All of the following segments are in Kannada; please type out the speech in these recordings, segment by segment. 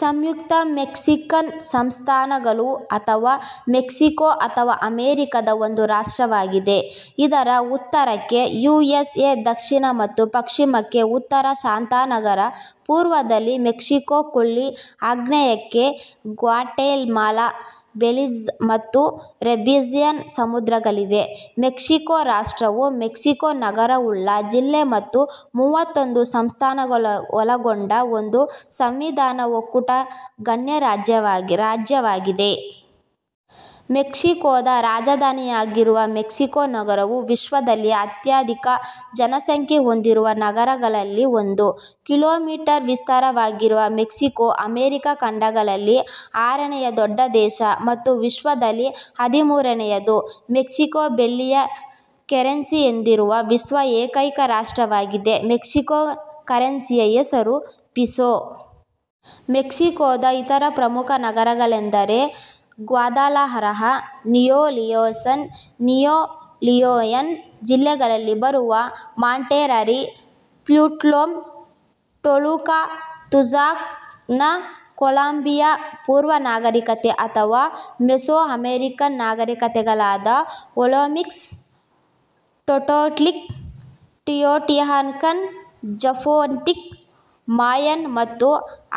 ಸಂಯುಕ್ತ ಮೆಕ್ಸಿಕನ್ ಸಂಸ್ಥಾನಗಳು ಅಥವಾ ಮೆಕ್ಸಿಕೋ ಉತ್ತರ ಅಮೆರಿಕಾದ ಒಂದು ರಾಷ್ಟ್ರವಾಗಿದೆ. ಇದರ ಉತ್ತರಕ್ಕೆ ಯು. ಎಸ್. ಎ, ದಕ್ಷಿಣ ಮತ್ತು ಪಶ್ಚಿಮಕ್ಕೆ ಉತ್ತರ ಶಾಂತಸಾಗರ, ಪೂರ್ವದಲ್ಲಿ ಮೆಕ್ಸಿಕೋ ಕೊಲ್ಲಿ, ಆಗ್ನೇಯಕ್ಕೆ ಗ್ವಾಟೆಮಾಲಾ, ಬೆಲಿಝ್ ಮತ್ತು ಕೆರಿಬ್ಬಿಯನ್ ಸಮುದ್ರಗಳಿವೆ. ಮೆಕ್ಸಿಕೋ ರಾಷ್ಟ್ರವು ಮೆಕ್ಸಿಕೋ ನಗರವುಳ್ಳ ಜಿಲ್ಲೆ ಮತ್ತು ಮೂವತ್ತೊಂದು ಸಂಸ್ಥಾನಗಳನ್ನೊಳಗೊಂಡ ಒಂದು ಸಾಂವಿಧಾನಿಕ ಒಕ್ಕೂಟ ಗಣರಾಜ್ಯವಾಗಿದೆ. ಮೆಕ್ಸಿಕೋದ ರಾಜಧಾನಿಯಾಗಿರುವ ಮೆಕ್ಸಿಕೋ ನಗರವು ವಿಶ್ವದಲ್ಲಿ ಅತ್ಯಧಿಕ ಜನಸಂಖ್ಯೆ ಹೊಂದಿರುವ ನಗರಗಳಲ್ಲಿ ಒಂದು. ಕಿಲೋ ಮೀಟರ್ ವಿಸ್ತಾರವಾಗಿರುವ ಮೆಕ್ಸಿಕೋ ಅಮೆರಿಕಾ ಖಂಡಗಳಲ್ಲಿ ಆರನೆಯ ದೊಡ್ಡ ದೇಶ ಮತ್ತು ವಿಶ್ವದಲ್ಲಿ ಹದಿಮೂರನೆಯದು. ಮೆಕ್ಸಿಕೋ ಬೆಳ್ಳಿಯ ಕೆರೆನ್ಸಿ ಹೊಂದಿರುವ ವಿಶ್ವದ ಏಕೈಕ ರಾಷ್ಟ್ರವಾಗಿದೆ. ಮೆಕ್ಸಿಕನ್ ಕರೆನ್ಸಿಯ ಹೆಸರು ಪಿಸೋ. ಮೆಕ್ಸಿಕೋದ ಇತರ ಪ್ರಮುಖ ನಗರಗಳೆಂದರೆ Guadalajara, Nuevo Leon, Nuevo Leon ಜಿಲ್ಲೆಯಲ್ಲಿ ಬರುವ Monterrey, Puebla, Toluca, Tijuana. Columbia ಪೂರ್ವ ನಾಗರಿಕತೆ ಅಥವಾ ಮೆಸೋ ಅಮೇರಿಕನ್ ನಾಗರೀಕತೆಗಳಾದ Olmec, Toltec, Teotihuacan, Zapotec, Mayan ಮತ್ತು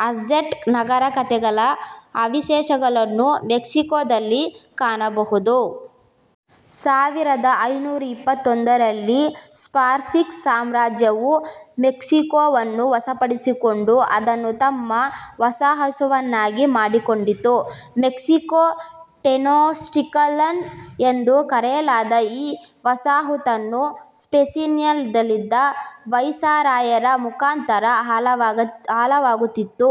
ಅಜ್ಟೆಕ್ ನಾಗರೀಕತೆಗಳ ಅವಶೇಷಗಳನ್ನು ಮೆಕ್ಸಿಕೋದಲ್ಲಿ ಕಾಣಬಹುದು. ಸಾವಿರದ ಐನೂರ ಇಪ್ಪತ್ತೊಂದರಲ್ಲಿ ಸ್ಪಾನಿಷ್ ಸಾಮ್ರಾಜ್ಯವು ಮೆಕ್ಸಿಕೋವನ್ನು ವಶಪಡಿಸಿಕೊಂಡು ಅದನ್ನು ತಮ್ಮ ವಸಾಹಸುವನ್ನಾಗಿ ಮಾಡಿಕೊಂಡಿತು. ಮೆಕ್ಸಿಕೋ-ಟೆನೊಕ್ಟಿಲಾನ್ ಎಂದು ಕರೆಯಲಾದ ಈ ವಸಾಹುತನ್ನು ಸ್ಪೇನಿನಲ್ಲಿದ್ದ ವೈಸರಾಯನ ಮುಖಾಂತರ ಆಳಲಾಗುತ್ತಿತ್ತು.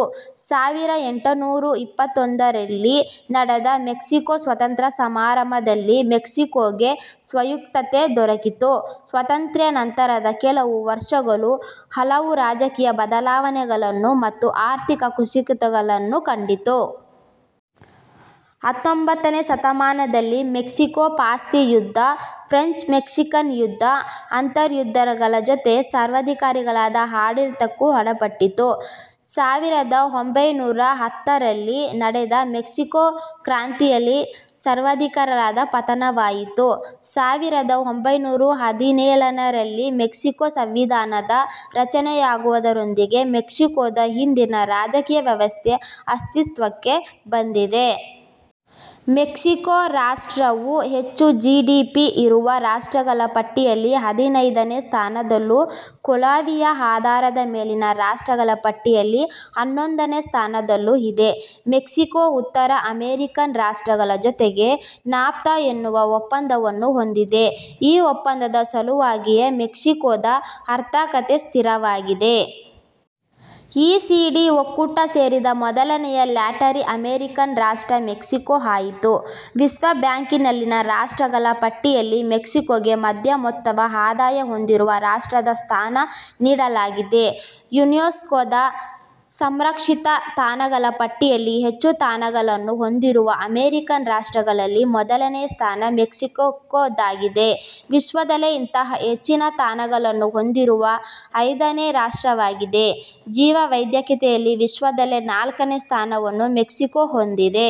ಸಾವಿರ ಎಂಟುನೂರ ಇಪ್ಪತ್ತೊಂದರಲ್ಲಿ ನಡೆದ ಮೆಕ್ಸಿಕೋ ಸ್ವಾತಂತ್ರ್ಯ ಸಮರದಲ್ಲಿ ಮೆಕ್ಸಿಕೋಗೆ ಸ್ವಾಯುತ್ತತೆ ದೊರಕಿತು. ಸ್ವಾತಂತ್ರ್ಯಾನಂತರದ ಕೆಲವು ವರ್ಷಗಳು ಹಲವು ರಾಜಕೀಯ ಬದಲಾವಣೆಗಳು ಮತ್ತು ಆರ್ಥಿಕ ಕುಸಿತಗಳನ್ನು ಕಂಡವು. ಹತ್ತೊಂಭತ್ತನೇ ಶತಮಾನದಲ್ಲಿನ ಮೆಕ್ಸಿಕೋ ಪಾಸ್ತ್ರಿ ಯುದ್ದ, ಫ್ರೆಂಚ್- ಮೆಕ್ಸಿಕನ್ ಯುದ್ದ, ಅಂತರ್ಯುದ್ದಗಳ ಜೊತೆಗೆ ಸರ್ವಾಧಿಕಾರಿಗಳ ಆಡಳಿತಕ್ಕೂ ಒಳಪಟ್ಟಿತು. ಸಾವಿರ ಒಂಭೈನೂರ ಹತ್ತರಲ್ಲಿ ನಡೆದ ಮೆಕ್ಸಿಕೋ ಕ್ರಾಂತಿಯಲ್ಲಿ ಸರ್ವಾಧಿಕಾರಿಯ ಪತನವಾಯಿತು. ಸಾವಿರದ ಒಂಭೈನೂರ ಹದಿನೇಳರಲ್ಲಿ ಮೆಕ್ಸಿಕೋ ಸಂವಿಧಾನದ ರಚನೆಯಾಗುವುದರೊಂದಿಗೆ ಮೆಕ್ಸಿಕೋದ ಇಂದಿನ ರಾಜಕೀಯ ವ್ಯವಸ್ಥೆ ಅಸ್ತಿತ್ವಕ್ಕೆ ಬಂದಿದೆ. ಮೆಕ್ಸಿಕೋ ರಾಷ್ಟ್ರವು ಹೆಚ್ಚು ಜಿ. ಡಿ. ಪಿ ಇರುವ ರಾಷ್ಟ್ರಗಳ ಪಟ್ಟಿಯಲ್ಲಿ ಹದಿನೈದನೇ ಸ್ಥಾನದಲ್ಲೂ ಕೊಳ್ಳುವಿಕೆಯ ಆಧಾರದ ಮೇಲಿನ ರಾಷ್ಟ್ರಗಳ ಪಟ್ಟಿಯಲ್ಲಿ ಹನ್ನೊಂದನೆ ಸ್ಥಾನದಲ್ಲೂ ಇದೆ. ಮೆಕ್ಸಿಕೋ ಉತ್ತರ ಅಮೇರಿಕನ್ ರಾಷ್ಟ್ರಗಳ ಜೊತೆಗೆ ನಾಫ್ತಾ ಎನ್ನುವ ಒಪ್ಪಂದವನ್ನು ಹೊಂದಿದೆ. ಈ ಒಪ್ಪಂದದ ಸಲುವಾಗಿಯೇ ಮೆಕ್ಸಿಕೋದ ಆರ್ಥಿಕತೆ ಸ್ಥಿರವಾಗಿದೆ. ಇ. ಸಿ. ಡಿ ಒಕ್ಕೂಟ ಸೇರಿದ ಮೊದಲನೆಯ ಲ್ಯಾಟಿನ್ ಅಮೇರಿಕನ್ ರಾಷ್ಟ್ರ ಮೆಕ್ಸಿಕೋ ಆಯಿತು. ವಿಶ್ವಬ್ಯಾಂಕಿನಲ್ಲಿನ ರಾಷ್ಟ್ರಗಳ ಪಟ್ಟಿಯಲ್ಲಿ ಮೆಕ್ಸಿಕೋಗೆ ಮಧ್ಯಮೋತ್ತಮ ಆದಾಯ ಹೊಂದಿರುವ ರಾಷ್ಟ್ರದ ಸ್ಥಾನ ನೀಡಲಾಗಿದೆ. ಯುನೆಸ್ಕೋದ ಸಂರಕ್ಷಿತ ತಾಣಗಳ ಪಟ್ಟಿಯಲ್ಲಿ ಹೆಚ್ಚು ತಾಣಗಳನ್ನು ಹೊಂದಿರುವ ಅಮೇರಿಕನ್ ರಾಷ್ಟ್ರಗಳಲ್ಲಿ ಮೊದಲನೆಯ ಸ್ಥಾನ ಮೆಕ್ಸಿಕೋದ್ದಾಗಿದೆ ವಿಶ್ವದಲ್ಲೇ ಇಂತಹ ಹೆಚ್ಚಿನ ತಾಣಗಳನ್ನು ಹೊಂದಿರುವ ಐದನೇ ರಾಷ್ಟ್ರವಾಗಿದೆ. ಜೀವ ವೈವಿಧ್ಯತೆಯಲ್ಲಿ ವಿಶ್ವದಲ್ಲೇ ನಾಲ್ಕನೆಯ ಸ್ಥಾನವನ್ನು ಮೆಕ್ಸಿಕೋ ಹೊಂದಿದೆ.